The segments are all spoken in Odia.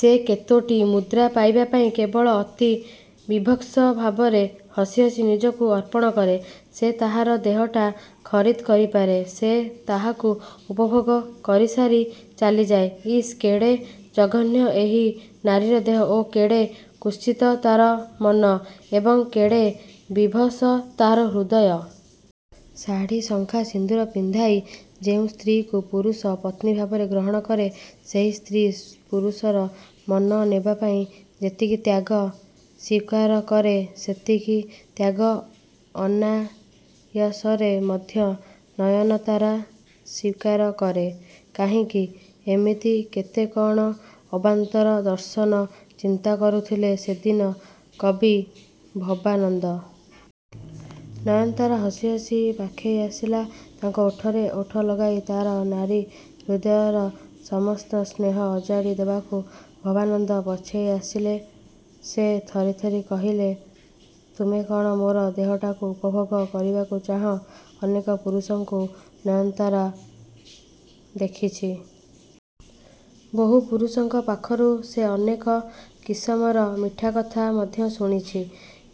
ସେ କେତୋଟି ମୁଦ୍ରା ପାଇବା ପାଇଁ କେବଳ ଅତି ବିଭତ୍ସ ଭାବରେ ହସି ହସି ନିଜକୁ ଅର୍ପଣ କରେ। ସେ ତାହାର ଦେହଟା ଖରିଦ୍ କରିପାରେ, ସେ ତାହାକୁ ଉପଭୋଗ କରିସାରି ଚାଲିଯାଏ। ଇସ୍ କେଡ଼େ ଜଘନ୍ୟ ଏହି ନାରୀର ଦେହ ଓ କେଡ଼େ କୁତ୍ସିତ ତା'ର ମନ ଏବଂ କେଡ଼େ ବିଭତ୍ସ ତା'ର ହୃଦୟ? ଶାଢ଼ି, ଶଙ୍ଖା, ସିନ୍ଦୂର ପିନ୍ଧାଇ ଯେଉଁ ସ୍ତ୍ରୀକୁ ପୁରୁଷ ପତ୍ନୀଭାବରେ ଗ୍ରହଣ କରେ, ସେହି ସ୍ତ୍ରୀ ପୁରୁଷର ମନ ନେବାପାଇଁ ଯେତିକି ତ୍ୟାଗ ସ୍ୱୀକାର କରେ, ସେତିକି ତ୍ୟାଗ ଅନାୟାସରେ ମଧ୍ୟ ନୟନତାରା ସ୍ଵୀକାର କରେ କାହିଁକି? ଏମିତି କେତେ କ'ଣ ଅବାନ୍ତର ଦର୍ଶନ ଚିନ୍ତାକରୁଥିଲେ ସେଦିନ କବି ଭବାନନ୍ଦ। ନୟନତାରା ହସିହସି ପାଖେଇ ଆସିଲା ତାଙ୍କ ଓଠରେ ଓଠ ଲଗାଇ ତା'ର ନାରୀ ହୃଦୟର ସମସ୍ତ ସ୍ନେହ ଅଜାଡ଼ି ଦେବାକୁ। ଭବାନନ୍ଦ ପଛେଇ ଆସିଲେ। ସେ ଥରି ଥରି କହିଲେ, ''ତୁମେ କ'ଣ ମୋର ଦେହଟାକୁ ଉପଭୋଗ କରିବାକୁ ଚାହଁ? '' ଅନେକ ପୁରୁଷଙ୍କୁ ନୟନତାରା ଦେଖିଛି। ବହୁ ପୁରୁଷଙ୍କ ପାଖରୁ ସେ ଅନେକ କିସମର ମିଠାକଥା ମଧ୍ୟ ଶୁଣିଛି,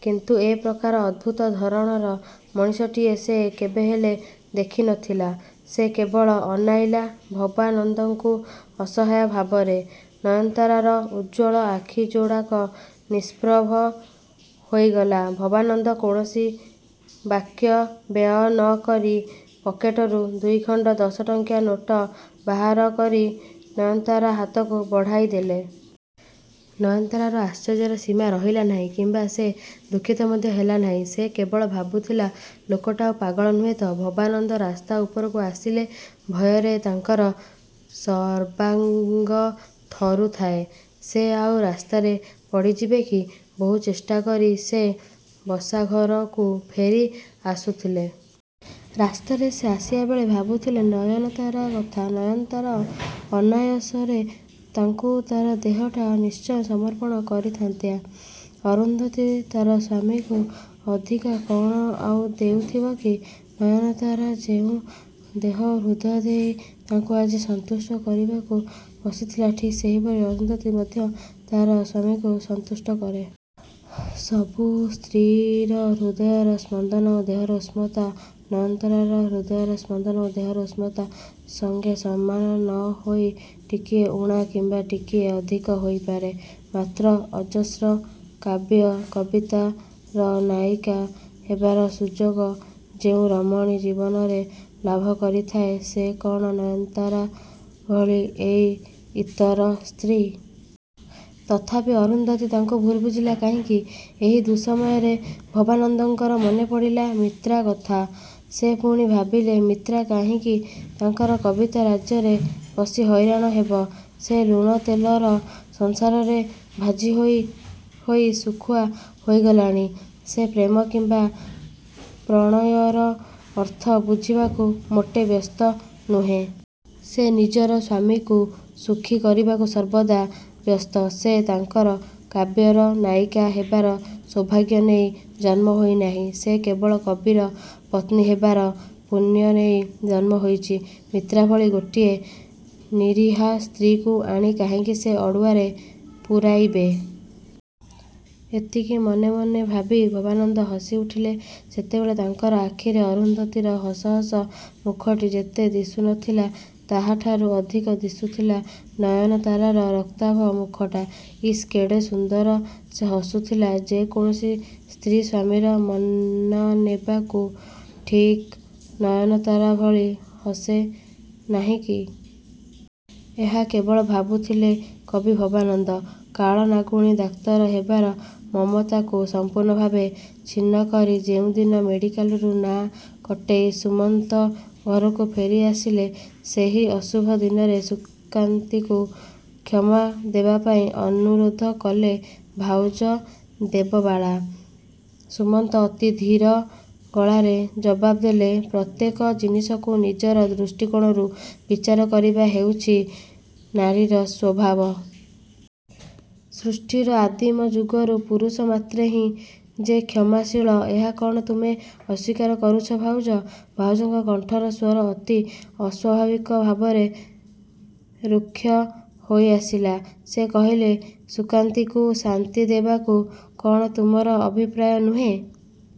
କିନ୍ତୁ ଏ ପ୍ରକାର ଅଦ୍ଭୁତ ଧରଣର ମଣିଷଟିଏ ସେ କେବେହେଲେ ଦେଖିନଥିଲା। ସେ କେବଳ ଅନାଇଲା ଭବାନନ୍ଦଙ୍କୁ ଅସହାୟ ଭାବରେ। ନୟନତାରାର ଉଜ୍ଜ୍ୱଳ ଆଖିଯୋଡ଼ାକ ନିଷ୍ପ୍ରଭ ହୋଇଗଲା। ଭବାନନ୍ଦ କୌଣସି ବାକ୍ୟ ବ୍ୟୟ ନ କରି ପକେଟରୁ ଦୁଇଖଣ୍ଡ ଦଶଟଙ୍କିଆ ନୋଟ ବାହାରକରି ନୟନତାରା ହାତକୁ ବଢ଼ାଇଦେଲେ। ନୟନତାରାର ଆଶ୍ଚର୍ଯ୍ୟର ସୀମା ରହିଲା ନାହିଁ କିମ୍ବା ସେ ଦୁଃଖିତ ମଧ୍ୟ ହେଲା ନାହିଁ। ସେ କେବଳ ଭାବୁଥିଲା ଲୋକଟା ଆଉ ପାଗଳ ନୁହେଁ ତ-? ଭବାନନ୍ଦ ରାସ୍ତା ଉପରକୁ ଆସିଲେ। ଭୟରେ ତାଙ୍କର ସର୍ବାଙ୍ଗ ଥରୁଥାଏ। ସେ ଆଉ ରାସ୍ତାରେ ପଡ଼ିଯିବେ କି? ବହୁ ଚେଷ୍ଟାକରି ସେ ବସାଘରକୁ ଫେରି ଆସୁଥିଲେ। ରାସ୍ତାରେ ସେ ଆସିବାବେଳେ ଭାବୁଥିଲେ ନୟନତାରା କଥା। ନୟନତାରା ଅନାୟସରେ ତାଙ୍କୁ ତା'ର ଦେହଟା ନିଶ୍ଚୟ ସମର୍ପଣ କରିଥାନ୍ତା। ଅରୁନ୍ଧୁତୀ ତା'ର ସ୍ୱାମୀକୁ ଅଧିକା କ'ଣ ଆଉ ଦେଉଥିବ କି? ନୟନତାରା ଯେଉଁ ଦେହ ଓ ହୃଦୟ ଦେଇ ତାଙ୍କୁ ଆଜି ସନ୍ତୁଷ୍ଟ କରିବାକୁ ବସିଥିଲା, ଠିକ୍ ସେହିପରି ଅରୁନ୍ଧୁତୀ ମଧ୍ୟ ତା'ର ସ୍ୱାମୀକୁ ସନ୍ତୁଷ୍ଟ କରେ। ସବୁ ସ୍ତ୍ରୀର ହୃଦୟର ସ୍ପନ୍ଦନ ଓ ଦେହର ଉଷ୍ମତା ନୟନତାରାର ହୃଦୟର ସ୍ପନ୍ଦନ ଓ ଦେହର ଉଷ୍ମତା ସଙ୍ଗେ ସମାନ ନ ହୋଇ ଟିକିଏ ଊଣା କିମ୍ବା ଟିକିଏ ଅଧିକ ହୋଇପାରେ। ମାତ୍ର ଅଜସ୍ର କାବ୍ୟ କବିତାର ନାୟିକା ହେବାର ସୁଯୋଗ ଯେଉଁ ରମଣୀ ଜୀବନରେ ଲାଭ କରିଥାଏ ସେ କ'ଣ ନୟନତାରା ଭଳି ଏକ ଇତର ସ୍ତ୍ରୀ? ତଥାପି ଅରୁନ୍ଧୁତୀ ତାଙ୍କୁ ଭୁଲ ବୁଝିଲା କାହିଁକି? ଏହି ଦୁଃସମୟରେ ଭବାନନ୍ଦଙ୍କର ମନେପଡ଼ିଲା ମିତ୍ରାକଥା। ସେ ପୁଣି ଭାବିଲେ ମିତ୍ରା କାହିଁକି ତାଙ୍କର କବିତା ରାଜ୍ୟରେ ପଶି ହଇରାଣ ହେବ? ସେ ଲୁଣ ତେଲର ସଂସାରରେ ଭାଜି ହୋଇ ହୋଇ ଶୁଖୁଆ ହୋଇଗଲାଣି। ସେ ପ୍ରେମ କିମ୍ବା ପ୍ରଣୟର ଅର୍ଥ ବୁଝିବାକୁ ମୋଟେ ବ୍ୟସ୍ତ ନୁହେଁ। ସେ ନିଜର ସ୍ୱାମୀକୁ ସୁଖୀ କରିବାକୁ ସର୍ବଦା ବ୍ୟସ୍ତ। ସେ ତାଙ୍କର କାବ୍ୟର ନାୟିକା ହେବାର ସୌଭାଗ୍ୟ ନେଇ ଜନ୍ମ ହୋଇନାହିଁ। ସେ କେବଳ କବିର ପତ୍ନୀ ହେବାର ପୁଣ୍ୟ ନେଇ ଜନ୍ମ ହୋଇଛି। ମିତ୍ରା ଭଳି ଗୋଟିଏ ନିରୀହା ସ୍ତ୍ରୀକୁ ଆଣି କାହିଁକି ସେ ଅଡ଼ୁଆରେ ପୂରାଇବେ? ଏତିକି ମନେମନେ ଭାବି ଭବାନନ୍ଦ ହସିଉଠିଲେ। ସେତେବେଳେ ତାଙ୍କର ଆଖିରେ ଅରୁନ୍ଧୁତୀର ହସ ହସ ମୁଖଟି ଯେତେ ଦିଶୁନଥିଲା ତାହାଠାରୁ ଅଧିକ ଦିଶୁଥିଲା ନୟନତାରାର ରକ୍ତାଭ ମୁଖଟା। ଇସ୍ କେଡ଼େ ସୁନ୍ଦର ସେ ହସୁଥିଲା। 'ଯେ କୌଣସି ସ୍ତ୍ରୀ ସ୍ୱାମୀର ମନନେବାକୁ ଠିକ୍ ନୟନତାରା ଭଳି ହସେ ନାହିଁକି? ' ଏହା କେବଳ ଭାବୁଥିଲେ କବି ଭବାନନ୍ଦ। କାଳ ନାଗୁଣୀ ଡାକ୍ତର ହେବାର ମମତାକୁ ସମ୍ପୂର୍ଣ୍ଣଭାବେ ଛିନ୍ନକରି ଯେଉଁଦିନ ମେଡିକାଲରୁ ନାଁ କଟେଇ ସୁମନ୍ତ ଘରକୁ ଫେରିଆସିଲେ ସେହି ଅଶୁଭ ଦିନରେ ସୁକାନ୍ତିକୁ କ୍ଷମା ଦେବାପାଇଁ ଅନୁରୋଧ କଲେ ଭାଉଜ ଦେବବାଳା। ସୁମନ୍ତ ଅତି ଧୀର ଗଳାରେ ଜବାବ୍ ଦେଲେ ''ପ୍ରତ୍ୟେକ ଜିନିଷକୁ ନିଜର ଦୃଷ୍ଟିକୋଣରୁ ବିଚାର କରିବା ହେଉଛି ନାରୀର ସ୍ୱଭାବ। ସୃଷ୍ଟିର ଆଦିମଯୁଗରୁ ପୁରୁଷ ମାତ୍ରେ ହିଁ ଯେ କ୍ଷମାଶୀଳ ଏହା କ'ଣ ତୁମେ ଅସ୍ୱୀକାର କରୁଛ ଭାଉଜ? '' ଭାଉଜଙ୍କ କଣ୍ଠର ସ୍ୱର ଅତି ଅସ୍ୱାଭାବିକ ଭାବରେ ଋକ୍ଷ ହୋଇଆସିଲା। ସେ କହିଲେ, ''ସୁକାନ୍ତୀକୁ ଶାସ୍ତିଦେବାକୁ କ'ଣ ତୁମର ଅଭିପ୍ରାୟ ନୁହେଁ?